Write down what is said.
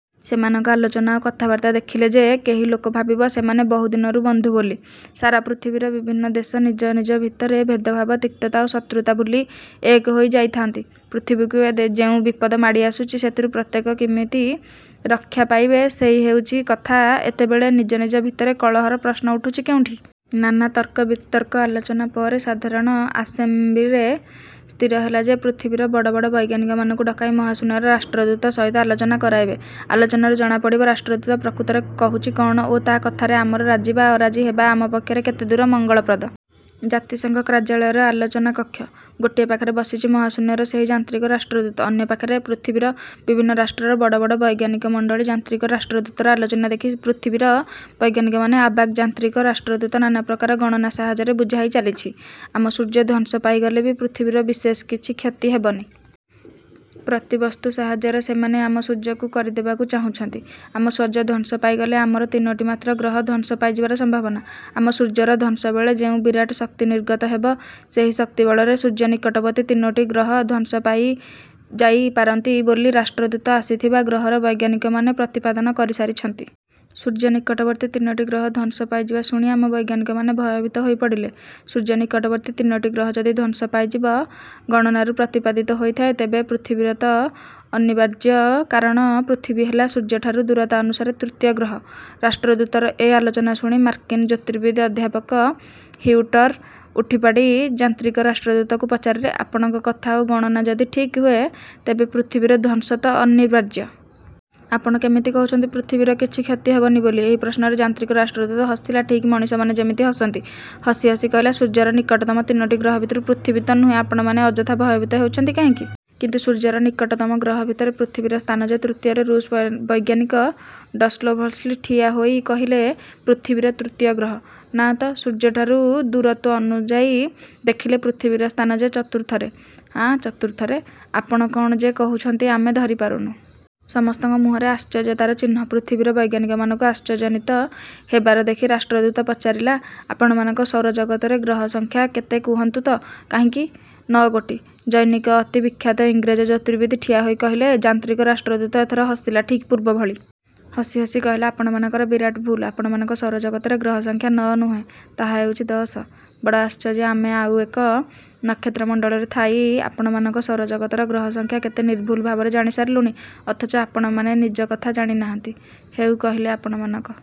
ସେମାନଙ୍କ ଆଲୋଚନା ଓ କଥାବାର୍ତ୍ତା ଦେଖିଲେ ଯେ କେହି ଲୋକ ଭାବିବ, ସେମାନେ ବୋହୁ ଦିନର ବନ୍ଧୁ ବୋଲି। ସାରା ପୃଥିବୀର ବିଭିନ୍ନ ଦେଶ ନିଜ ନିଜ ଭିତରେ ଭେଦଭାବ ତିକ୍ତତା ଓ ଶତ୍ରୁତା ଭୁଲି ଏକ ହୋଇ ଯାଇଥାନ୍ତି। ପୃଥିବୀକୁ ଏ ଯେଉଁ ବିପଦ ମାଡ଼ି ଆସୁଚି ସେଥିରୁ ପ୍ରତ୍ୟେକ କେମିତି ରକ୍ଷା ପାଇବେ ସେଇ ହେଉଚି କଥା ଏତେବେଳେ ନିଜ ନିଜ ଭିତରେ କଳହର ପ୍ରଶ୍ନ ଉଠୁଛି କେଉଁଠି? ନାନା ତର୍କବିତର୍କ ଆଲୋଚନା ପରେ ସାଧାରଣ ଆସେମ୍ବ୍ଲିରେ ସ୍ଥିର ହେଲା ଯେ ପୃଥିବୀର ବଡ଼ ବଡ଼ ବୈଜ୍ଞାନିକମାନଙ୍କୁ ଡକାଇ ମହାଶୂନ୍ୟର ରାଷ୍ଟ୍ରଦୂତ ସହିତ ଆଲୋଚନା କରାଇବେ। ଆଲୋଚନାରୁ ଜଣା ପଡ଼ିବ ରାଷ୍ଟ୍ରଦୂତ ପ୍ରକୃତରେ କହୁଛି କ'ଣ ଓ ତା କଥାରେ ଆମର ରାଜି ବା ଅରାଜି ହେବା ଆମ ପକ୍ଷରେ କେତେ ଦୂର ମଙ୍ଗଳପ୍ରଦ। ଜାତିସଙ୍ଘ କାର୍ଯ୍ୟାଳୟର ଆଲୋଚନା କକ୍ଷ। ଗୋଟିଏ ପାଖରେ ବସିଛି ମହାଶୂନ୍ୟର ସେହି ଯାନ୍ତ୍ରିକ ରାଷ୍ଟ୍ରଦୂତ ଅନ୍ୟ ପାଖରେ ପୃଥିବୀର ବିଭିନ୍ନ ରାଷ୍ଟ୍ରର ବଡ଼ ବଡ଼। ବୈଜ୍ଞାନିକ ମଣ୍ଡଳୀ ଯାନ୍ତ୍ରିକ ରାଷ୍ଟ୍ରଦୂତର ଆଲୋଚନା ଦେଖି ପୃଥିବୀର ବୈଜ୍ଞାନିକମାନେ ଅବାକ୍ ଯାନ୍ତ୍ରିକ ରାଷ୍ଟ୍ରଦୂତ ନାନାପ୍ରକାର ଗଣନା ସାହାଯ୍ୟରେ ବୁଝାଇ ଚାଲିଛି ଆମ ସୂର୍ଯ୍ୟ ଧ୍ୱଂସ ପାଇଗଲେ ବି ପୃଥିବୀର ବିଶେଷ କିଛି କ୍ଷତି ହେବନି। ପ୍ରତିବସ୍ତୁ ସାହାଯ୍ୟରେ ସେମାନେ ଆମ ସୂର୍ଯ୍ୟକୁ କରିଦେବାକୁ ଚାହୁଁଛନ୍ତି। ଆମ ସୂର୍ଯ୍ୟ ଧ୍ୱଂସ ପାଇଗଲେ ଆମର ତିନୋଟି ମାତ୍ର ଗ୍ରହ ଧ୍ୱଂସ ପାଇଯିବାର ସମ୍ଭାବନା। ଆମ ସୂର୍ଯ୍ୟର ଧ୍ୱଂସବେଳେ ଯେଉଁ ବିରାଟ ଶକ୍ତିନିର୍ଗତ ହେବ ସେହି ଶକ୍ତିବଳରେ ସୂର୍ଯ୍ୟନିକଟବର୍ତ୍ତୀ ତିନୋଟି ଗ୍ରହ ଧ୍ୱଂସ ପାଇଯାଇ ପାରନ୍ତି ବୋଲି ରାଷ୍ଟ୍ରଦୂତ ଆସିଥିବା ଗ୍ରହର ବୈଜ୍ଞାନିକମାନେ ପ୍ରତିପାଦନ କରିସାରିଛନ୍ତି। ସୂର୍ଯ୍ୟ ନିକଟବର୍ତ୍ତୀ ତିନୋଟି ଗ୍ରହ ଧ୍ୱଂସ ପାଇଯିବା ଶୁଣି ଆମ ବୈଜ୍ଞାନିକମାନେ ଭୟଭୀତ ହୋଇପଡ଼ିଲେ। ସୂର୍ଯ୍ୟନିକଟବର୍ତ୍ତୀ ତିନୋଟି ଗ୍ରହ ଯଦି ଧ୍ୱଂସ ପାଇଯିବା ଗଣନାରୁ ପ୍ରତିପାଦିତ ହୋଇଥାଏ ତେବେ ପୃଥିବୀର ତ ଅନିବାର୍ଯ୍ୟ କାରଣ ପୃଥିବୀ ହେଲା ସୂର୍ଯ୍ୟଠାରୁ ଦୂରତା ଅନୁସାରେ ତୃତୀୟ ଗ୍ରହ। ରାଷ୍ଟ୍ରଦୂତର ଏ ଆଲୋଚନା ଶୁଣି ମାର୍କିନ୍ ଜ୍ୟୋତିର୍ବିଦ ଅଧ୍ୟାପକ ହିଉଟର ଉଠିପଡ଼ି ଯାନ୍ତ୍ରିକ ରାଷ୍ଟ୍ରଦୂତକୁ ପଚାରିଲେ, ଆପଣଙ୍କ କଥା ଓ ଗଣନା ଯଦି ଠିକ୍ ହୁଏ ତେବେ ପୃଥିବୀର ଧ୍ୱଂସ ତ ଅନିବାର୍ଯ୍ୟ। ଆପଣ କେମିତି କହୁଚନ୍ତି ପୃଥିବୀର କିଛି କ୍ଷତି ହେବନି ବୋଲି। ଏହି ପ୍ରଶ୍ନରେ ଯାନ୍ତ୍ରିକ ରାଷ୍ଟ୍ରଦୂତ ହସିଲା ଠିକ୍ ମଣିଷମାନେ ଯେମିତି ହସନ୍ତି। ହସି ହସି କହିଲା ସୂର୍ଯ୍ୟର ନିକଟତମ ତିନୋଟି ଗ୍ରହ ଭିତରୁ ପୃଥିବୀ ତ ନୁହେଁ ଆପଣମାନେ ଅଯଥା ଭୟଭୀତ ହେଉଛନ୍ତି କାହିଁକି? କିନ୍ତୁ ସୂର୍ଯ୍ୟର ନିକଟତମ ଗ୍ରହ ଭିତରେ ପୃଥିବୀର ସ୍ଥାନ ଯେ ତୃତୀୟରେ। ରୁଷ୍ ବୈଜ୍ଞାନିକ ଡଷ୍କୋଭସ୍କି ଠିଆ ହୋଇ କହିଲେ। ପୃଥିବୀ ତୃତୀୟ ଗ୍ରହ? ନାଁ ତ ସୂର୍ଯ୍ୟଠାରୁ ଦୂରତ୍ୱ ଅନୁଯାୟୀ ଦେଖିଲେ ପୃଥିବୀର ସ୍ଥାନ ଯେ ଚତୁର୍ଥରେ। ଆଁ ଚତୁର୍ଥରେ? ଆପଣ କ'ଣ ଯେ କହୁଛନ୍ତି ଆମେ ଧରିପାରୁନୁ। ସମସ୍ତଙ୍କ ମୁହଁରେ ଆଶ୍ଚର୍ଯ୍ୟତାର ଚିହ୍ନ। ପୃଥିବୀର ବୈଜ୍ଞାନିକମାନଙ୍କୁ ଆଶ୍ଚର୍ଯ୍ୟାନ୍ୱିତ ହେବାର ଦେଖି ରାଷ୍ଟ୍ରଦୂତ ପଚାରିଲା ଆପଣମାନଙ୍କ ସୌରଜଗତରେ ଗ୍ରହ ସଂଖ୍ୟା କେତେ କୁହନ୍ତୁ ତ କାହିଁକି? ନଅ ଗୋଟି। ଜନୈକ ଅତି ବିଖ୍ୟାତ ଇଂରେଜ ଜ୍ୟୋତିର୍ବିତ୍ ଠିଆହୋଇ କହିଲେ। ଯାନ୍ତ୍ରିକ ରାଷ୍ଟ୍ରଦୂତ ଏଥର ହସିଲା, ଠିକ୍ ପୂର୍ବଭଳି। ହସି ହସି କହିଲା ଆପଣମାନଙ୍କର ବିରାଟ ଭୁଲ୍। ଆପଣମାନଙ୍କ ସୌରଜଗତରେ ଗ୍ରହ ସଂଖ୍ୟା ନଅ ନୁହେଁ ତାହା ହେଉଛି ଦଶ। ବଡ଼ ଆଶ୍ଚର୍ଯ୍ୟ ଆମେ ଆଉ ଏକ ନକ୍ଷତ୍ର ମଣ୍ଡଳରେ ଥାଇ ଆପଣମାନଙ୍କ ସୌରଜଗତର ଗ୍ରହ ସଂଖ୍ୟା କେତେ ନିର୍ଭୁଲ ଭାବରେ ଜାଣିସାରିଲୁଣି ଅଥଚ ଆପଣମାନେ ନିଜ କଥା ଜାଣି ନାହାନ୍ତି। ହେଉ କହିଲେଆପଣମାନଙ୍କ